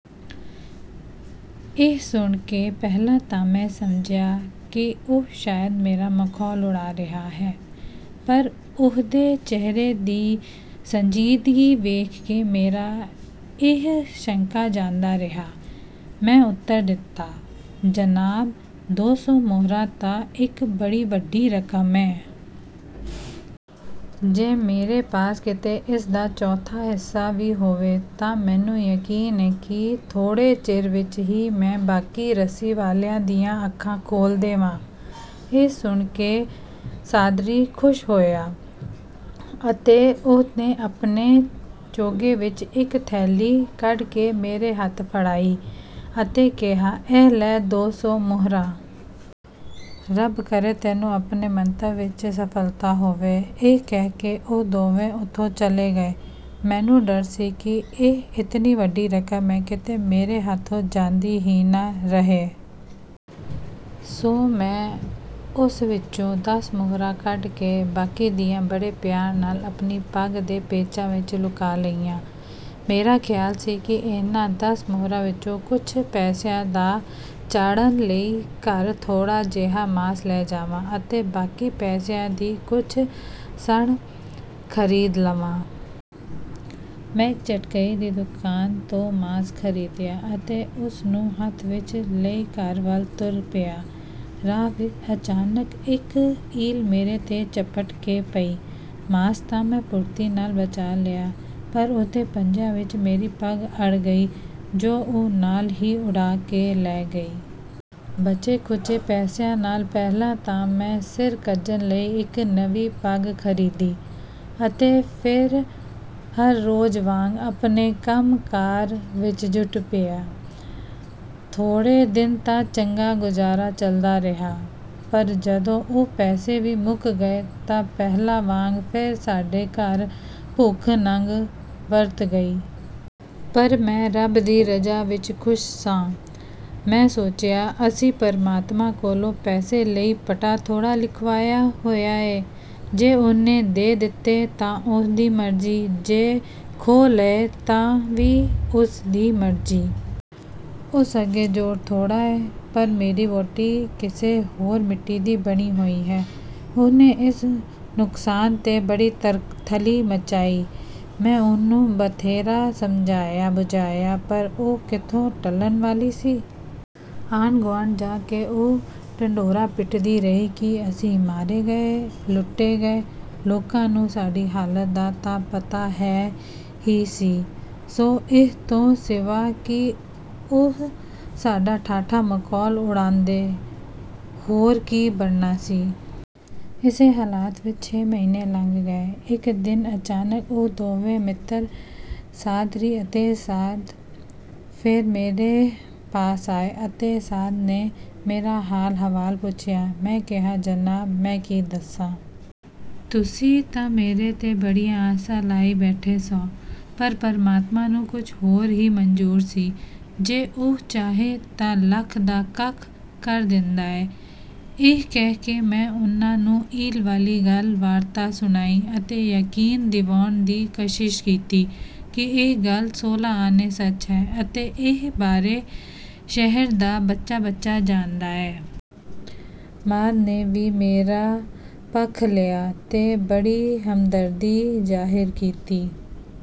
" ਇਹ ਸੁਣ ਕੇ ਪਹਿਲਾਂ ਤਾਂ ਮੈਂ ਸਮਝਿਆ ਕਿ ਉਹ ਸ਼ਾਇਦ ਮੇਰਾ ਮਖੌਲ ਉਡਾ ਰਿਹਾ ਹੈ, ਪਰ ਉਹਦੇ ਚਿਹਰੇ ਦੀ ਸੰਜੀਦਗੀ ਵੇਖ ਕੇ ਮੇਰਾ ਇਹ ਸ਼ੰਕਾ ਜਾਂਦਾ ਰਿਹਾ। ਮੈਂ ਉੱਤਰ ਦਿੱਤਾ, "ਜਨਾਬ, ਦੋ ਸੌ ਮੋਹਰਾਂ ਤਾਂ ਇਕ ਬੜੀ ਵੱਡੀ ਰਕਮ ਏ। ਜੇ ਮੇਰੇ ਪਾਸ ਕਿਤੇ ਇਸ ਦਾ ਚੌਥਾ ਹਿੱਸਾ ਵੀ ਹੋਵੇ ਤਾਂ ਮੈਨੂੰ ਯਕੀਨ ਏ ਕਿ ਥੋੜ੍ਹੇ ਚਿਰ ਵਿਚ ਈ ਮੈਂ ਬਾਕੀ ਰੱਸੀ ਵਾਲਿਆਂ ਦੀਆਂ ਅੱਖਾਂ ਖੋਲ੍ਹ ਦੇਵਾਂ। " ਇਹ ਸੁਣ ਕੇ ਸਾਅਦੀ ਖੁਸ਼ ਹੋਇਆ ਅਤੇ ਉਹਨੇ ਆਪਣੇ ਚੋਗੇ ਵਿਚੋਂ ਇਕ ਥੈਲੀ ਕਢ ਕੇ ਮੇਰੇ ਹੱਥ ਫੜਾਈ ਅਤੇ ਕਿਹਾ, "ਇਹ ਲੈ ਦੋ ਸੌ ਮੁਹਰਾਂ! ਰੱਬ ਕਰੇ ਤੈਨੂੰ ਆਪਣੇ ਮੰਤਵ ਵਿਚ ਸਫਲਤਾ ਹੋਵੇ। " ਇਹ ਕਹਿ ਕੇ ਉਹ ਦੋਵੇਂ ਉੱਥੋਂ ਚਲੇ ਗਏ। ਮੈਨੂੰ ਡਰ ਸੀ ਕਿ ਇਹ ਇਤਨੀ ਵੱਡੀ ਰਕਮ ਹੈ, ਕਿਤੇ ਮੇਰੇ ਹੱਥੋਂ ਜਾਂਦੀ ਹੀ ਨ ਰਹੇ। ਸੋ ਮੈਂ ਉਸ ਵਿਚੋਂ ਦਸ ਮੁਹਰਾਂ ਕੱਢ ਕੇ ਬਾਕੀ ਦੀਆਂ ਬੜੇ ਧਿਆਨ ਨਾਲ ਆਪਣੀ ਪੱਗ ਦੇ ਪੇਚਾਂ ਵਿਚ ਲੁਕਾ ਲਈਆਂ। ਮੇਰਾ ਖ਼ਿਆਲ ਸੀ ਕਿ ਇਹਨਾਂ ਦਸ ਮੁਹਰਾਂ ਵਿਚੋਂ ਕੁਝ ਪੈਸਿਆਂ ਦਾ ਚਾੜ੍ਹਨ ਲਈ ਘਰ ਥੋੜ੍ਹਾ ਜਿਹਾ ਮਾਸ ਲੈ ਜਾਵਾਂ ਅਤੇ ਬਾਕੀ ਪੈਸਿਆਂ ਦੀ ਕੁਝ ਸਣ ਖ਼ਰੀਦ ਲਵਾਂ। ਮੈਂ ਇਕ ਝਟਕਈ ਦੀ ਦੁਕਾਨ ਤੋਂ ਮਾਸ ਖ਼ਰੀਦਿਆ ਅਤੇ ਉਸ ਨੂੰ ਹੱਥ ਵਿਚ ਲਈ ਘਰ ਵਲ ਤੁਰ ਪਿਆ। ਰਾਹ ਵਿਚ ਅਚਾਨਕ ਇਕ ਇੱਲ ਮੇਰੇ ਤੇ ਝੱਪਟ ਕੇ ਪਈ। ਮਾਸ ਤਾਂ ਮੈਂ ਫੁਰਤੀ ਨਾਲ ਬਚਾ ਲਿਆ, ਪਰ ਉਹਦੇ ਪੰਜਿਆਂ ਵਿਚ ਮੇਰੀ ਪੱਗ ਅੜ ਗਈ ਜੋ ਉਹ ਨਾਲ ਹੀ ਲੈ ਕੇ ਉੱਡ ਗਈ। ਬਚੇ ਖੁਚੇ ਪੈਸਿਆਂ ਨਾਲ ਪਹਿਲਾਂ ਤਾਂ ਮੈਂ ਸਿਰ ਕੱਜਣ ਲਈ ਇਕ ਨਵੀਂ ਪੱਗ ਖ਼ਰੀਦੀ, ਅਤੇ ਫੇਰ ਹਰ ਰੋਜ਼ ਵਾਂਗ ਆਪਣੇ ਕੰਮ ਕਾਰ ਵਿਚ ਜੁਟ ਪਿਆ। ਥੋੜ੍ਹੇ ਦਿਨ ਤਾਂ ਚੰਗਾ ਗੁਜ਼ਾਰਾ ਚਲਦਾ ਰਿਹਾ, ਪਰ ਜਦੋਂ ਉਹ ਪੈਸੇ ਵੀ ਮੁਕ ਗਏ ਤਾਂ ਪਹਿਲਾਂ ਵਾਂਗ ਫੇਰ ਸਾਡੇ ਘਰ ਭੁੱਖ ਨੰਗ ਵਰਤ ਗਈ। ਪਰ ਮੈਂ ਰਬ ਦੀ ਰਜ਼ਾ ਵਿਚ ਖ਼ੁਸ਼ ਸਾਂ। ਮੈਂ ਸੋਚਿਆ, "ਅਸੀਂ ਪਰਮਾਤਮਾ ਕੋਲੋਂ ਪੈਸੇ ਲਈ ਪਟਾ ਥੋੜ੍ਹਾ ਲਿਖਵਾਇਆ ਹੋਇਆ ਏ! ਜੇ ਉਹਨੇ ਦੇ ਦਿੱਤੇ ਤਾਂ ਉਹਦੀ ਮਰਜ਼ੀ, ਜੇ ਖੋਹ ਲਏ ਤਾਂ ਵੀ ਉਹਦੀ ਮਰਜ਼ੀ! ਉਸ ਅੱਗੇ ਜ਼ੋਰ ਥੋੜ੍ਹਾ ਏ। " ਪਰ ਮੇਰੀ ਵਹੁਟੀ ਕਿਸੇ ਹੋਰ ਮਿੱਟੀ ਦੀ ਬਣੀ ਹੋਈ ਹੈ। ਉਹਨੇ ਇਸ ਨੁਕਸਾਨ ਤੇ ਬੜੀ ਤਰਥੱਲੀ ਮਚਾਈ। ਮੈਂ ਉਹਨੂੰ ਬਥੇਰਾ ਸਮਝਾਇਆ ਬੁਝਾਇਆ, ਪਰ ਉਹ ਕਿਥੋਂ ਟਲਣ ਵਾਲੀ ਸੀ! ਆਂਢ ਗਵਾਂਢ ਜਾ ਕੇ ਉਹ ਢੰਡੋਰਾ ਪਿਟਦੀ ਰਹੀ ਕਿ ਅਸੀਂ ਮਾਰੇ ਗਏ, ਲੁਟੇ ਗਏ! ਲੋਕਾਂ ਨੂੰ ਸਾਡੀ ਹਾਲਤ ਦਾ ਤਾਂ ਪਤਾ ਹੈ ਹੀ ਸੀ। ਸੋ ਇਸ ਤੋਂ ਸਿਵਾ ਕਿ ਉਹ ਸਾਡਾ ਠੱਠਾ ਮਖੌਲ ਉਡਾਉਂਦੇ ਹੋਰ ਕੀ ਬਣਨਾ ਸੀ। ਇਸੇ ਹਾਲਤ ਵਿਚ ਛੇ ਮਹੀਨੇ ਲੰਘ ਗਏ। ਇਕ ਦਿਨ ਅਚਾਨਕ ਉਹ ਦੋਵੇਂ ਮਿੱਤਰ, ਸਾਅਦੀ ਅਤੇ ਸਾਅਦ, ਫੇਰ ਮੇਰੇ ਪਾਸ ਆਏ ਅਤੇ ਸਾਅਦ ਨੇ ਮੇਰਾ ਹਾਲ ਹਵਾਲ ਪੁੱਛਿਆ! ਮੈਂ ਕਿਹਾ, "ਜਨਾਬ, ਮੈਂ ਕੀ ਦੱਸਾਂ! ਤੁਸੀਂ ਤਾਂ ਮੇਰੇ ਤੇ ਬੜੀਆਂ ਆਸਾਂ ਲਾਈ ਬੈਠੇ ਸੌ। ਪਰ ਪਰਮਾਤਮਾਂ ਨੂੰ ਕੁਝ ਹੋਰ ਹੀ ਮਨਜ਼ੂਰ ਸੀ! ਜੇ ਉਹ ਚਾਹੇ ਤਾਂ ਲੱਖ ਦਾ ਕੱਖ ਕਰ ਦਿੰਦਾ ਏ! ਇਹ ਕਹਿ ਕੇ ਮੈਂ ਉਹਨਾਂ ਨੂੰ ਇੱਲ ਵਾਲੀ ਸਾਰੀ ਵਾਰਤਾ ਸੁਣਾਈ ਅਤੇ ਯਕੀਨ ਦਿਵਾਉਣ ਦੀ ਕਸ਼ਿਸ਼ ਕੀਤੀ ਕਿ ਇਹ ਗਲ ਸੋਲਾਂ ਆਨੇ ਸਚ ਹੈ ਅਤੇ ਇਸ ਬਾਰੇ ਸ਼ਹਿਰ ਦਾ ਬੱਚਾ ਬੱਚਾ ਜਾਣਦਾ ਹੈ। ਸਾਅਦ ਨੇ ਵੀ ਮੇਰਾ ਪੱਖ ਲਿਆ ਤੇ ਬੜੀ ਹਮਦਰਦੀ ਜ਼ਾਹਿਰ ਕੀਤੀ!